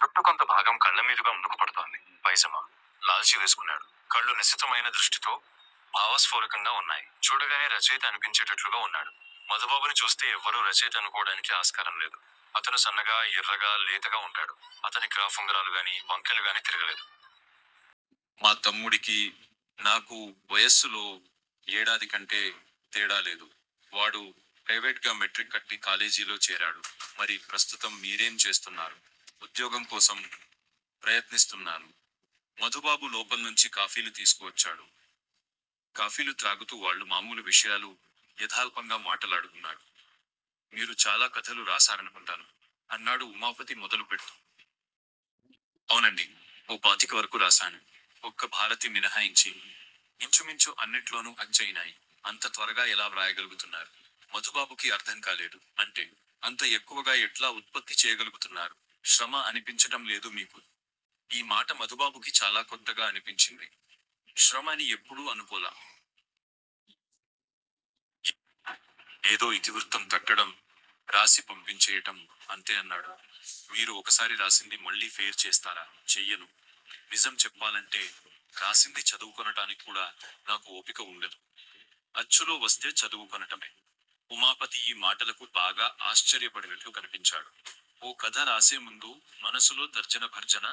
జుట్టు కొంతభాగం కళ్లమీదుగా ముందుకు పడుతోంది. పైజమా, లాల్చీ వేసుకున్నాడు. కళ్ళు నిశితమైన దృష్టితో, భావస్ఫోరకంగా వున్నాయి. చూడగానే రచయిత అనిపించేటట్లుగా వున్నాడు. మధుబాబుని చూస్తే ఎవ్వరూ రచయిత అనుకోవడానికి ఆస్కారం లేదు. అతను సన్నగా, ఎర్రగా, లేతగా వుంటాడు. అతని క్రాఫ్ ఉంగరాలుగాని, వంకెలుగాని తిరగలేదు. మా తమ్ముడికీ నాకూ వయస్సులో ఏడాదికంటే తేడాలేదు. వాడు ప్రైవేట్ గా మెట్రిక్ కట్టి కాలేజీలో చేరాడు. మరి ప్రస్తుతం మీరేం చేస్తున్నారు? ఉద్యోగంకోసం ప్రయత్నిస్తున్నాను. మధుబాబు లోపల్నుంచి కాఫీలు తీసుకువచ్చాడు. కాఫీలు త్రాగుతూ వాళ్ళు మామూలు విషయాలు యధాలాపంగా మాటలాడుకున్నారు. మీరు చాలా కథలు రాశారనుకుంటాను అన్నాడు ఉమాపతి మొదలు పెడ్తూ. ఔనండీ! ఓ పాతికవరకూ రాశాను. ఒక్క భారతి మినహాయించి, ఇంచుమించు అన్నిట్లోనూ అచ్చయినాయి. అంత త్వరగా ఎలా వ్రాయగలుగుతున్నారు? మధుబాబుకి అర్థంకాలేదు. అంటే? అంత యెక్కువగా యెట్లా ఉత్పత్తి చేయగలుగుతున్నారు? శ్రమ అనిపించటం లేదూ మీకు? ఈ మాట మధుబాబుకి చాలాకొత్తగా అనిపించింది. శ్రమ అని యెప్పుడూ అనుకోలా. ఏదో ఇతివృత్తం తట్టడం, రాసి పంపించేయటం అంతే అన్నాడు. మీరు ఒకసారి రాసింది మళ్ళీ ఫెయిర్ చేస్తారా? చెయ్యను. నిజం చెప్పాలంటే రాసింది చదువుకొనటానిక్కూడా నాకు ఓపిక వుండదు. అచ్చులో వస్తే చదువుకొనటమే. ఉమాపతి యీ మాటలకు బాగా ఆశ్చర్యపడినట్లు కనిపించాడు. ఓ కథ రాసేముందు మనసులో తర్జనభర్జన,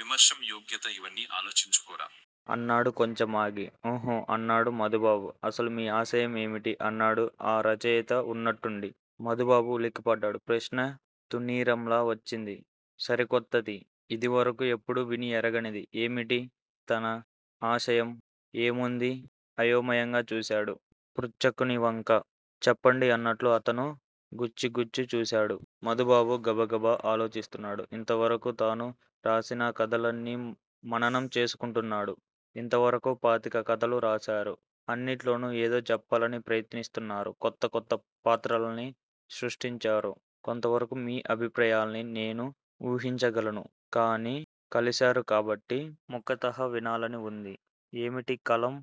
విమర్శమ్ యోగ్యత ఇవన్నీ ఆలోచించుకోరా? అన్నాడు కొంచెం ఆగి. ఉహుఁ అన్నాడు మధుబాబు. అసలు మీ ఆశయం ఏమిటి? ' అన్నాడు ఆ రచయిత వున్నట్టుండి. మధుబాబు ఉలిక్కిపడ్డాడు. ప్రశ్న తూణీరంలా వచ్చింది. సరికొత్తది. యిదివరకు ఎన్నడూ విని యెరుగనిది. ఏమిటి తన ఆశయం? ఏముంది? అయోమయంగా చూశాడు పృచ్చకునివంక. చెప్పండి అన్నట్లు అతను గ్రుచ్చి గ్రుచ్చి చూశాడు. మధుబాబు గబగబ ఆలోచిస్తున్నాడు. ఇంతవరకు తాను రాసిన కథలన్నీ మననం చేసుకుంటున్నాడు. ఇంతవరకూ పాతిక కథలు రాశారు. అన్నిట్లోనూ ఏదో చెప్పాలని ప్రయత్నించారు. కొత్త కొత్త పాత్రల్ని సృష్టించారు. కొంతవరకు మీ అభిప్రాయాల్ని నేను వూహించగలను. కానీ కలిశారు కాబట్టి ముఖతః వినాలని వుంది. ఏమిటి కలం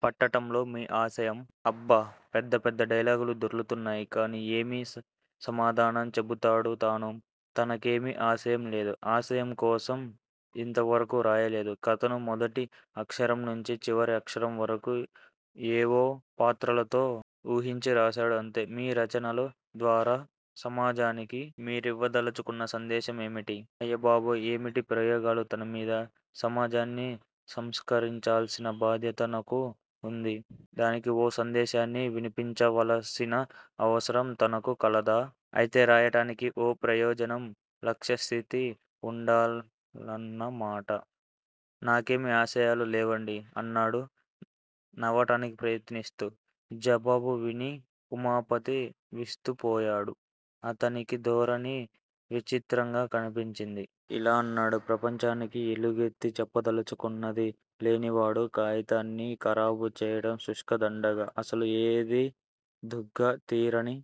చేపట్టటంలో మీ ఆశయం? అబ్బ! పెద్ద పెద్ద డైలాగులు దొర్లుతున్నాయి. కాని ఏమి సమాధానం చెబుతాడు తాను! తనకేమీ ఆశయం లేదు. ఆశయం కోసం యింతవరకూ రాయలేదు. కథను మొదటి అక్షరంనుంచీ చివరి అక్షరం వరకూ ఏవో పాత్రలతో వూహించి రాశాడు అంతే. మీ రచనల ద్వారా సమాజానికి మీరివ్వదలచుకున్న సందేశమేమిటి? అయ్యబాబోయ్! ఏమిటీ ప్రయోగాలు తనమీద? సమాజాన్ని సంస్కరించాల్సిన బాధ్యతతనకు ఉందా? దానికి ఓ సందేశాన్ని వినిపించవలసిన అవసరం తనకు కలదా? ఐతే రాయటానికి ఓ ప్రయోజనం, లక్ష్యసిద్ధీ వుండాలన్న మాట. నాకేమీ ఆశయాలు లేవండీ అన్నాడు నవ్వటానికి ప్రయత్నిస్తూ. జవాబు విని ఉమాపతి విస్తుపోయాడు. అతనికీ ధోరణి విచిత్రంగా కన్పించింది. ఇలా అన్నాడు. ప్రపంచానికి ఎలుగెత్తి చెప్పదల్చుకున్నది లేనినాడు కాయితాన్ని ఖరాబు చేయటం శుష్క దండుగ. అసలు ఏదో దుగ్ధ, తీరని